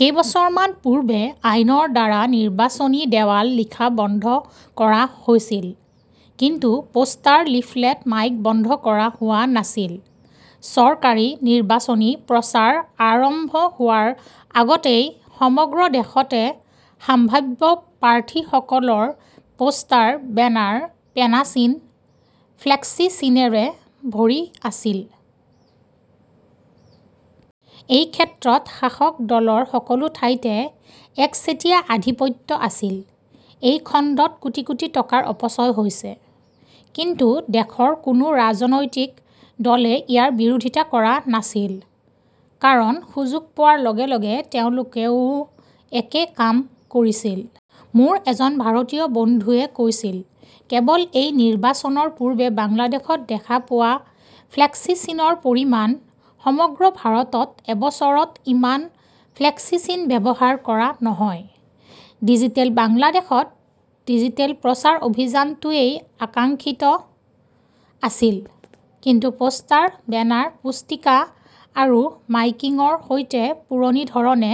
কেইবছৰমান পূৰ্বে আইনৰ দ্বাৰা নিৰ্বাচনী দেৱাল লিখা বন্ধ কৰা হৈছিল। কিন্তু পোষ্টাৰ, লিফলেট, মাইক বন্ধ কৰা হোৱা নাছিল। চৰকাৰী নিৰ্বাচনী প্ৰচাৰ আৰম্ভ হোৱাৰ আগতেই সমগ্ৰ দেশতে সম্ভাৱ্য প্ৰাৰ্থীসকলৰ পোষ্টাৰ, বেনাৰ, পেনাচিন, ফ্লেক্সিচিনৰে ভৰি আছিল। এই ক্ষেত্ৰত শাসক দলৰ সকলো ঠাইতে একচেটিয়া আধিপত্য আছিল। এই খণ্ডত কোটি কোটি টকাৰ অপচয় হৈছে। কিন্তু দেশৰ কোনো ৰাজনৈতিক দলে ইয়াৰ বিৰোধিতা কৰা নাছিল। কাৰণ সুযোগ পোৱাৰ লগে লগে তেওঁলোকেও একে কাম কৰিছিল। মোৰ এজন ভাৰতীয় বন্ধুৱে কৈছিল, কেৱল এই নিৰ্বাচনৰ পূৰ্বে বাংলাদেশত দেখা পোৱা ফ্লেক্সিচিনৰ পৰিমাণ, সমগ্ৰ ভাৰতত এবছৰত ইমান ফ্লেক্সিচিন ব্যৱহাৰ কৰা নহয়! ডিজিটেল বাংলাদেশত ডিজিটেল প্ৰচাৰ অভিযানটোৱেই আকাংক্ষিত আছিল। কিন্তু প'ষ্টাৰ, বেনাৰ, পুস্তিকা আৰু মাইকিংৰ সৈতে পুৰণি ধৰণে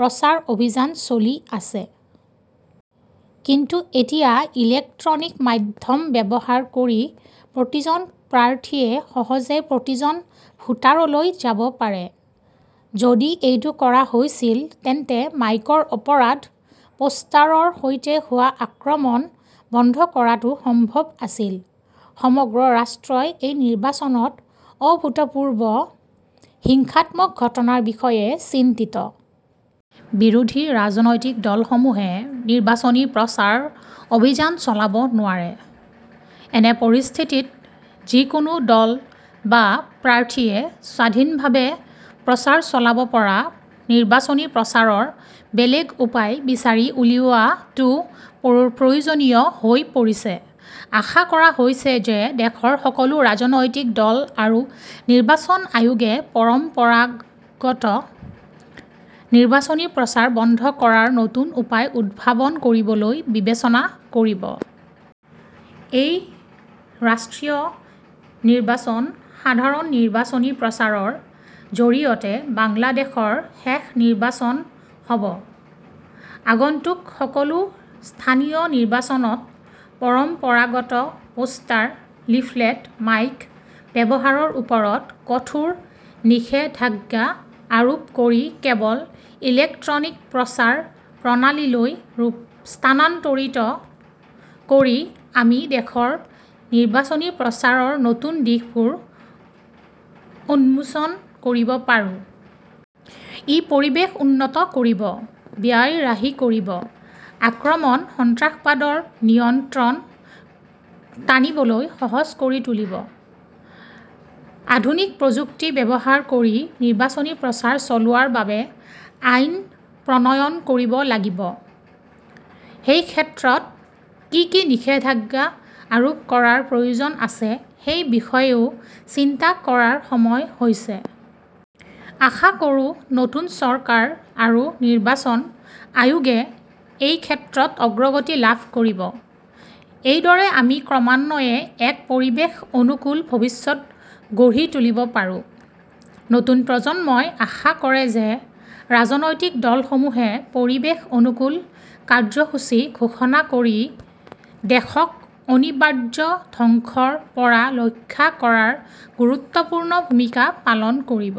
প্ৰচাৰ অভিযান চলি আছে। কিন্তু এতিয়া ইলেক্ট্ৰনিক মাধ্যম ব্যৱহাৰ কৰি প্ৰতিজন প্ৰাৰ্থীয়ে সহজে প্ৰতিজন ভোটাৰলৈ যাব পাৰে। যদি এইটো কৰা হৈছিল তেন্তে মাইকৰ অপৰাধ, পোষ্টাৰৰ সৈতে হোৱা আক্ৰমণ বন্ধ কৰাটো সম্ভৱ আছিল। সমগ্ৰ ৰাষ্ট্ৰই এই নিৰ্বাচনত অভূতপূৰ্ব হিংসাত্মক ঘটনাৰ বিষয়ে চিন্তিত। বিৰোধী ৰাজনৈতিক দলসমূহে নিৰ্বাচনী প্ৰচাৰ অভিযান চলাব নোৱাৰে। এনে পৰিস্থিতিত যিকোনো দল বা প্ৰাৰ্থীয়ে স্বাধীনভাৱে প্ৰচাৰ চলাব পৰা নিৰ্বাচনী প্ৰচাৰৰ বেলেগ উপায় বিচাৰি উলিওৱাটো প্ৰয়োজনীয় হৈ পৰিছে। আশা কৰা হৈছে যে দেশৰ সকলো ৰাজনৈতিক দল আৰু নিৰ্বাচন আয়োগে পৰম্পৰাগত নিৰ্বাচনী প্ৰচাৰ বন্ধ কৰাৰ নতুন উপায় উদ্ভাৱন কৰিবলৈ বিবেচনা কৰিব। এই ৰাষ্ট্ৰীয় নিৰ্বাচন সাধাৰণ নিৰ্বাচনী প্ৰচাৰৰ জৰিয়তে বাংলাদেশৰ শেষ নিৰ্বাচন হ 'ব। আগন্তুক সকলো স্থানীয় নিৰ্বাচনত পৰম্পৰাগত পোষ্টাৰ, লিফলেট, মাইক ব্যৱহাৰৰ ওপৰত কঠোৰ নিষেধাজ্ঞা আৰোপ কৰি কেৱল ইলেক্ট্ৰনিক প্ৰচাৰ প্ৰণালীলৈ স্থানান্তৰিত কৰি আমি দেশৰ নিৰ্বাচনী প্ৰচাৰৰ নতুন দিশবোৰ উন্মোচন কৰিব পাৰোঁ। ই পৰিৱেশ উন্নত কৰিব, ব্যয় ৰাহি কৰিব, আক্ৰমণ, সন্ত্ৰাসবাদৰ নিয়ন্ত্ৰণ টানিবলৈ সহজ কৰি তুলিব। আধুনিক প্ৰযুক্তি ব্যৱহাৰ কৰি নিৰ্বাচনী প্ৰচাৰ চলোৱাৰ বাবে আইন প্ৰণয়ন কৰিব লাগিব। সেই ক্ষেত্ৰত কি কি নিষেধাজ্ঞা আৰোপ কৰাৰ প্ৰয়োজন আছে সেই বিষয়েও চিন্তা কৰাৰ সময় হৈছে। আশা কৰোঁ নতুন চৰকাৰ আৰু নিৰ্বাচন আয়োগে এই ক্ষেত্ৰত অগ্ৰগতি লাভ কৰিব। এইদৰে আমি ক্ৰমান্বয়ে এক পৰিৱেশ অনুকূল ভৱিষ্যত গঢ়ি তুলিব পাৰোঁ। নতুন প্ৰজন্মই আশা কৰে যে ৰাজনৈতিক দলসমূহে পৰিৱেশ অনুকূল কাৰ্যসূচী ঘোষণা কৰি দেশক অনিবাৰ্য ধ্বংসৰ পৰা ৰক্ষা কৰাত গুৰুত্বপূৰ্ণ ভূমিকা পালন কৰিব।